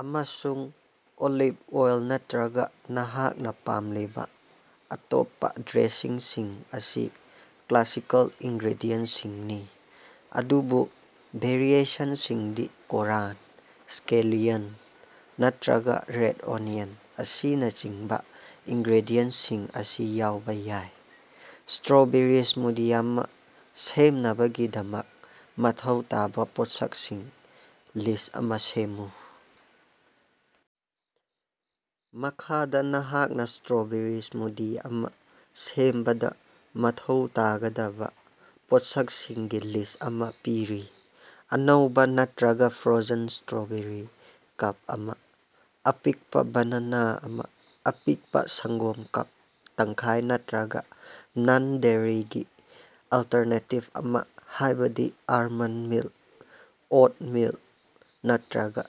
ꯑꯃꯁꯨꯡ olive oil ꯅꯠꯇ꯭ꯔꯒꯥ ꯅꯍꯥꯛꯅ ꯄꯥꯝꯂꯤꯕꯥ ꯑꯇꯣꯞꯄꯥ ꯗ꯭ꯔꯦꯁꯤꯡꯁꯤꯡ ꯑꯁꯤ ꯀ꯭ꯂꯥꯁꯤꯀꯦꯜ ꯏꯟꯒ꯭ꯔꯦꯗꯤꯌꯦꯟꯁꯤꯡꯅꯤ, ꯑꯗꯨꯕꯨ ꯚꯦꯔꯤꯑꯦꯁꯟꯁꯤꯡꯗꯤ ꯀꯣꯔꯟ, ꯁ꯭ꯀꯦꯂꯤꯌꯟ, ꯅꯠꯇ꯭ꯔꯒꯥ ꯔꯦꯠ ꯑꯣꯅꯤꯌꯟ ꯑꯁꯤꯅꯆꯤꯡꯕꯥ ꯏꯟꯒ꯭ꯔꯦꯗꯤꯌꯦꯟꯁꯤꯡ ꯑꯁꯤ ꯌꯥꯎꯕ ꯌꯥꯏ꯫ ꯁꯇ꯭ꯔꯣꯕꯦꯔꯤ ꯁ꯭ꯃꯨꯗꯤ ꯑꯃ ꯁꯦꯝꯅꯕꯒꯤꯗꯃꯛ ꯃꯊꯧ ꯇꯥꯕ ꯄꯣꯠꯁꯛꯁꯤꯡꯒꯤ ꯂꯤꯁ ꯑꯃ ꯁꯦꯝꯃꯨ꯫ ꯃꯈꯥꯗ ꯅꯍꯥꯛꯅ ꯁꯇ꯭ꯔꯣꯕꯦꯔꯤ ꯁ꯭ꯃꯨꯗꯤ ꯑꯃ ꯁꯦꯝꯕꯗꯥ ꯃꯊꯧ ꯇꯥꯒꯗꯕꯥ ꯄꯣꯠꯁꯛꯁꯤꯡꯒꯤ ꯂꯤꯁ ꯑꯃ ꯄꯤꯔꯤ: ꯑꯅꯧꯕ ꯅꯠꯇ꯭ꯔꯒꯥ ꯐ꯭ꯔꯣꯖꯟ ꯁꯇ꯭ꯔꯣꯕꯦꯔꯤ ꯀꯞ ꯑꯃ, ꯑꯄꯤꯛꯄꯥ ꯕꯦꯅꯥꯅ ꯑꯃ, ꯑꯄꯤꯛꯄꯥ ꯁꯪꯒꯣꯝ ꯀꯞ ꯇꯪꯈꯥꯏ ꯅꯠꯇ꯭ꯔꯒꯥ ꯅꯟ-ꯗꯦꯔꯤꯒꯤ ꯑꯜꯇꯔꯅꯦꯇꯤꯚ ꯑꯃ ꯍꯥꯏꯕꯗꯤ ꯑꯦꯜꯃꯟ ꯃꯤꯜꯛ, ꯑꯣꯠ ꯃꯤꯜꯛ꯫ ꯅꯠꯇ꯭ꯔꯒꯥ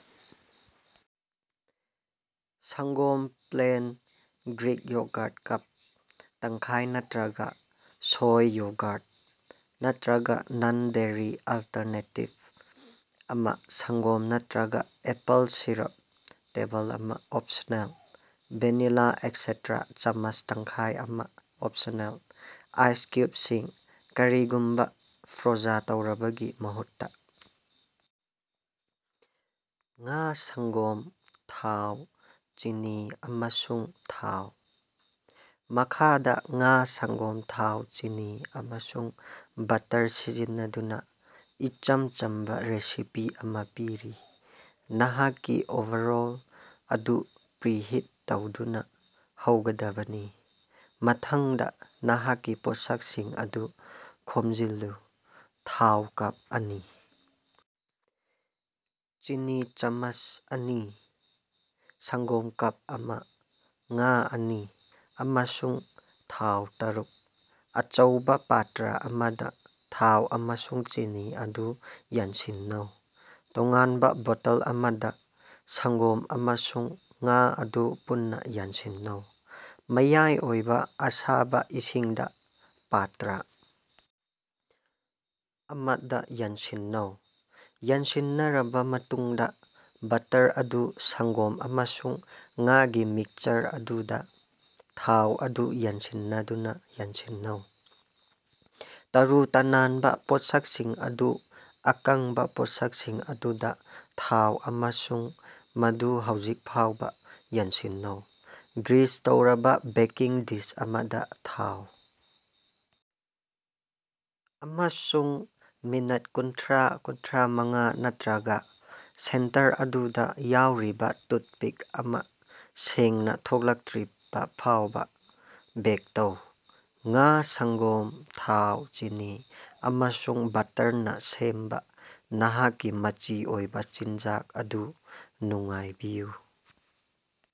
ꯁꯪꯒꯣꯝ ꯄ꯭ꯂꯦꯟ ,ꯒ꯭ꯔꯤꯛ ꯌꯣꯒꯔꯠ ꯀꯞ ꯇꯪꯈꯥꯏ ꯅꯠꯇ꯭ꯔꯒꯥ ꯁꯩ ꯌꯣꯒꯔꯠ ꯅꯠꯇ꯭ꯔꯒꯥ ꯅꯟ-ꯗꯦꯔꯤ ꯑꯜꯇꯔꯅꯦꯇꯤꯚ ꯑꯃ ꯁꯪꯒꯣꯝ ꯅꯠꯇ꯭ꯔꯒꯥ ꯑꯦꯄꯜ ꯁꯤꯔꯞ ꯇꯦꯕꯜ ꯑꯃ (ꯑꯣꯞꯁꯅꯦꯜ) ꯚꯦꯅꯤꯂꯥ ꯑꯦꯛꯁꯇ꯭ꯔꯦꯛ ꯆꯥꯃꯁ ꯇꯪꯈꯥꯏ ꯑꯃ (ꯑꯣꯞꯁꯅꯦꯜ) ꯫ ꯑꯥꯏꯁ ꯀ꯭ꯌꯨꯕꯁꯤꯡ (ꯀꯔꯤꯒꯨꯝꯕꯥ ꯐ꯭ꯔꯣꯖ ꯇꯧꯔꯕꯥꯒꯤ ꯃꯍꯨꯠꯇꯥ ꯉꯥ, ꯁꯪꯒꯣꯝ, ꯐ꯭ꯂꯣꯔ, ꯆꯤꯅꯤ ꯑꯃꯁꯨꯡ ꯕꯠꯇꯔ꯫ ꯃꯈꯥꯗ ꯄꯤꯔꯤꯕꯁꯤ ꯉꯥ, ꯁꯪꯒꯣꯝ, ꯊꯥꯎ, ꯆꯤꯅꯤ, ꯑꯃꯁꯨꯡ ꯕꯠꯇꯔ ꯁꯤꯖꯤꯟꯅꯗꯨꯅꯥ ꯁꯦꯝꯕꯥ ꯏꯆꯝ ꯆꯝꯕꯥ ꯔꯦꯁꯤꯄꯤ ꯑꯃꯅꯤ: ꯅꯍꯥꯛꯀꯤ ꯑꯣꯚꯔꯑꯣꯜ ꯑꯗꯨꯗꯥ ꯄ꯭ꯔꯤꯍꯤꯠ ꯇꯧꯗꯨꯅꯥ ꯍꯧꯒꯗꯕꯅꯤ꯫ ꯃꯊꯪꯗꯥ, ꯅꯍꯥꯛꯀꯤ ꯄꯣꯠꯁꯛꯁꯤꯡ ꯈꯣꯝꯖꯤꯜꯂꯨ: ꯊꯥꯎ ꯀꯞ ꯑꯅꯤ, ꯆꯤꯅꯤ ꯆꯥꯃꯁ ꯑꯅꯤ, ꯁꯪꯒꯣꯝ ꯀꯞ ꯑꯃ, ꯉꯥ ꯑꯅꯤ, ꯑꯃꯁꯨꯡ ꯊꯥꯎ ꯇꯔꯨꯛ꯫ ꯑꯆꯧꯕ ꯄꯥꯇ꯭ꯔꯥ ꯑꯃꯗꯥ ꯊꯥꯎ ꯑꯃꯁꯨꯡ ꯆꯤꯅꯤ ꯑꯗꯨ ꯌꯥꯟꯁꯤꯟꯅꯧ꯫ ꯇꯣꯉꯥꯟꯕꯥ ꯕꯣꯇꯜ ꯑꯃꯗꯥ ꯁꯪꯒꯣꯝ ꯑꯃꯁꯨꯡ ꯉꯥ ꯑꯗꯨ ꯄꯨꯟꯅꯥ ꯌꯥꯟꯁꯤꯟꯅꯧ꯫ ꯃꯌꯥꯏ ꯑꯣꯏꯕ ꯑꯁꯥꯕꯥ ꯏꯁꯤꯡꯗꯥ ꯄꯥꯠꯇ꯭ꯔꯥ ꯑꯃꯗꯥ ꯌꯥꯟꯁꯤꯟꯅꯧ꯫ ꯌꯥꯟꯁꯤꯟꯅꯔꯕꯥ ꯃꯇꯨꯡꯗꯥ, ꯕꯠꯇꯔ ꯑꯗꯨ ꯁꯪꯒꯣꯝ ꯑꯃꯁꯨꯡ ꯉꯥꯒꯤ ꯃꯤꯛꯁꯆꯔ ꯑꯗꯨꯗꯥ ꯊꯥꯎ ꯑꯗꯨ ꯌꯥꯟꯁꯤꯟꯅꯗꯨꯅꯥ ꯌꯥꯟꯁꯤꯟꯅꯧ꯫ ꯇꯔꯨ-ꯇꯅꯥꯟꯕꯥ ꯄꯣꯠꯁꯛꯁꯤꯡ ꯑꯗꯨ ꯑꯀꯪꯕꯥ ꯄꯣꯠꯁꯛꯁꯤꯡ ꯑꯗꯨꯗꯥ ꯊꯥꯎ ꯑꯃꯁꯨꯡ ꯃꯗꯨ ꯍꯧꯖꯤꯛ ꯐꯥꯎꯕ ꯌꯥꯟꯁꯤꯟꯅꯧ꯫ ꯒ꯭ꯔꯤꯁ ꯇꯧꯔꯕꯥ ꯕꯦꯀꯤꯡ ꯗꯤꯁ ꯑꯃꯗꯥ ꯊꯥꯎ ꯑꯃꯁꯨꯡ ꯃꯤꯅꯠ ꯀꯨꯟꯊ꯭ꯔꯥ-ꯀꯨꯟꯊ꯭ꯔꯥꯃꯉꯥ ꯅꯠꯇ꯭ꯔꯒꯥ ꯁꯦꯟꯇꯔ ꯑꯗꯨꯗꯥ ꯌꯥꯎꯔꯤꯕ ꯇꯨꯠꯄꯤꯛ ꯑꯃ ꯁꯦꯡꯅꯥ ꯊꯣꯛꯂꯛꯇ꯭ꯔꯤꯕꯐꯥꯎꯕ ꯕꯦꯛ ꯇꯧ꯫ ꯉꯥ, ꯁꯪꯒꯣꯝ, ꯊꯥꯎ, ꯆꯤꯅꯤ, ꯑꯃꯁꯨꯡ ꯕꯠꯇꯔꯅꯥ ꯁꯦꯝꯕꯥ ꯅꯍꯥꯛꯀꯤ ꯃꯆꯤ ꯑꯣꯏꯕ ꯆꯤꯟꯖꯥꯛ ꯑꯗꯨ ꯅꯨꯡꯉꯥꯏꯕꯤꯌꯨ꯫